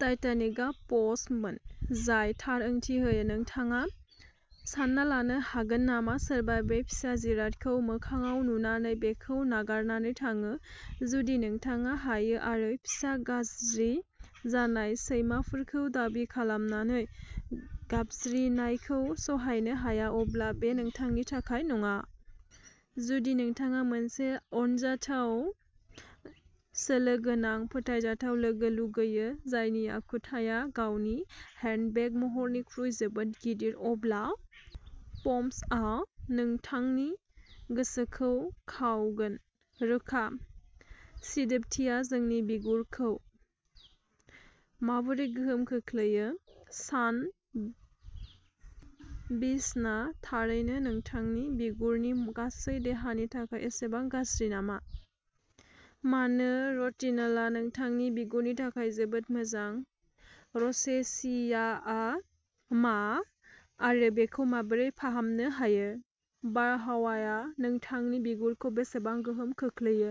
टाइटानिकआ पम्समोन। जाय थार ओंथि होयो। नोंथाङा सानना लानो हागोन नामा सोरबा बे फिसा जिरादखौ मोखांआव नुनानै बेखौ नागारनानै थाङो? जुदि नोंथाङा हायो आरो फिसा गाज्रि जानाय सैमाफोरखौ दाबि खालामनानै गाबज्रिनायखौ सहायनो हाया, अब्ला बे नोंथांनि थाखाय नङा। जुदि नोंथाङा मोनसे अनजाथाव, सोलो गोनां, फोथायजाथाव लोगो लुगैयो जायनि आखुथाया गावनि हेन्डबेग महरनिख्रुइ जोबोद गिदिर, अब्ला पम्सआ नोंथांनि गोसोखौ खावगोन। रोखा। सिदोबथिया जोंनि बिगुरखौ माबोरै गोहोम खोख्लैयो? सान बिसना थारैनो नोंथांनि बिगुरनि गासै देहानि थाखाय एसेबां गाज्रि नामा? मानो रेटिनलआ नोंथांनि बिगुरनि थाखाय जोबोद मोजां? र'सेसियाआ मा आरो बेखौ माबोरै फाहामनो हायो? बारहावाया नोंथांनि बिगुरखौ बेसेबां गोहोम खोख्लैयो?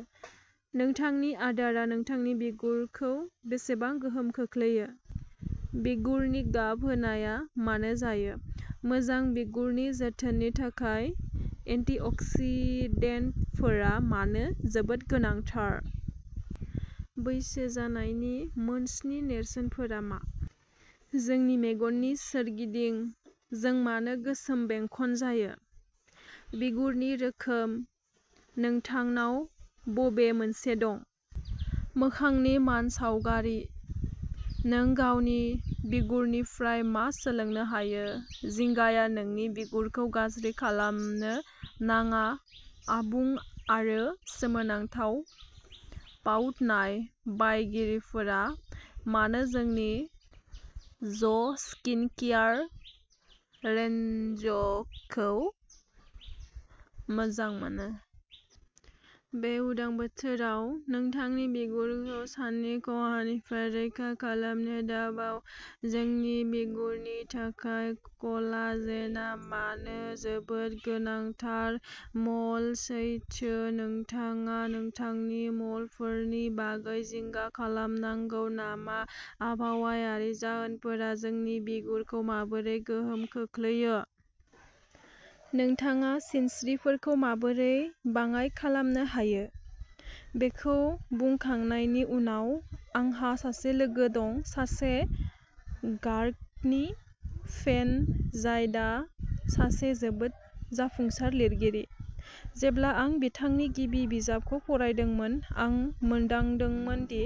नोंथांनि आदारआ नोंथांनि बिगुरखौ बेसेबां गोहोम खोख्लैयो? बिगुरनि गाब होनाया मानो जायो? मोजां बिगुरनि जोथोननि थाखाय एन्टिअक्सिडेन्टफोरा मानो जोबोद गोनांथार? बैसो जानायनि मोनस्नि नेरसोनफोरा मा? जोंनि मेगननि सोरगिदिं जों मानो गोसोम बेंखन जायो? बिगुरनि रोखोम नोंथांनाव बबे मोनसे दं? मोखांनि मानसावगारि नों गावनि बिगुरनिफ्राय मा सोलोंनो हायो? जिंगाया नोंनि बिगुरखौ गाज्रि खालामनो नाङा आबुं आरो सोमोनांथाव पाउट नाय बायगिरिफोरा मानो जोंनि ज'स्किनकेयार रेन्जखौ मोजां मोनो? बे उदां बोथोराव नोंथांनि बिगुरखौ साननि खहानिफ्राय रैखा खालामनो दाबाव जोंनि बिगुरनि थाखाय कलाजेनआ मानो जोबोद गोनांथार? म'ल सैथो नोंथाङा नोंथांनि म'लफोरनि बागै जिंगा खालामनांगौ नामा? आबहावायारि जाहोनफोरा जोंनि बिगुरखौ माबोरै गोहोम खोख्लैयो? नोंथाङा सिनस्रिफोरखौ माबोरै बाङाय खालामनो हायो? बेखौ बुंखांनायनि उनाव, आंहा सासे लोगो दं, सासे गार्गनि फेन जाय दा सासे जोबोद जाफुंसार लिरगिरि। जेब्ला आं बिथांनि गिबि बिजाबखौ फरायदोंमोन, आं मोनदांदोंमोन दि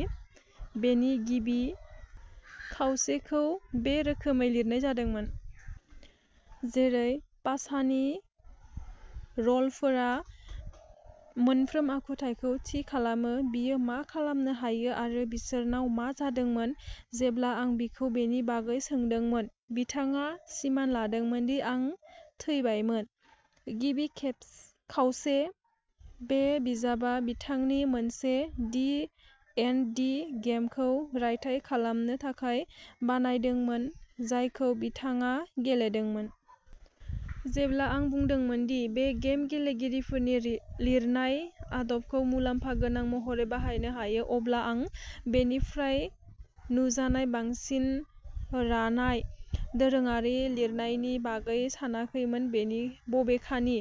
बेनि गिबि खावसेखौ बे रोखोमै लिरनाय जादोंमोन। जेरै पासानि र'लफोरा मोनफ्रोम आखुथाइखौ थि खालामो, बियो मा खालामनो हायो आरो बिसोरनाव मा जादोंमोन। जेब्ला आं बिखौ बेनि बागै सोंदोंमोन, बिथाङा सिमान लादोंमोन दि आं थैबायमोन। गिबि खावसे बे बिजाबआ बिथांनि मोनसे डी एन्ड डी गेमखौ रायथाइ खालामनो थाखाय बानायदोंमोन, जायखौ बिथाङा गेलेदोंमोन। जेब्ला आं बुंदोंमोन दि बे गेम गेलेगिरिफोरनि लिरनाय आदबखौ मुलाम्फा गोनां महरै बाहायनो हायो, अब्ला आं बेनिफ्राय नुजानाय बांसिन रानाय, दोरोङारि लिरनायनि बागै सानाखैमोन। बबेखानि,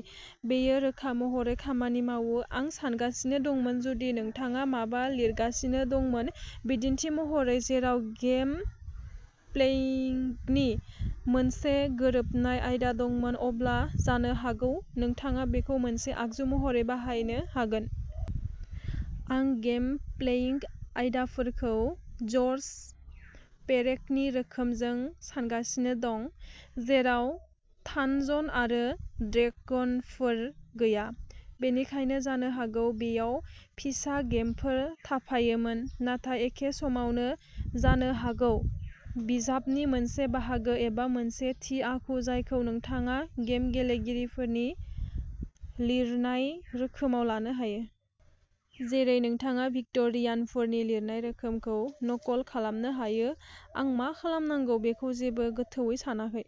बेयो रोखा महरै खामानि मावो। आं सानगासिनो दंमोन, जुदि नोंथाङा माबा लिरगासिनो दंमोन, बिदिन्थि महरै, जेराव गेम प्लेइंगनि मोनसे गोरोबनाय आयदा दंमोन, अब्ला जानो हागौ नोंथाङा बेखौ मोनसे आगजु महरै बाहायनो हागोन। आं गेम प्लेइंग आयदाफोरखौ जर्ज पेरेकनि रोखोमजों सानगासिनो दं, जेराव थानजन आरो ड्रेगनफोर गैया। बेनिखायनो जानो हागौ बेयाव फिसा गेमफोर थाफायोमोन। नाथाय एखे समावनो, जानो हागौ बिजाबनि मोनसे बाहागो, एबा मोनसे थि आखु, जायखौ नोंथाङा गेम गेलेगिरिफोरनि लिरनाय रोखोमाव लानो हायो। जेरै नोंथाङा भिक्ट'रियानफोरनि लिरनाय रोखोमखौ नकल खालामनो हायो। आं मा खालामनांगौ बेखौ जेबो गोथौवै सानाखै।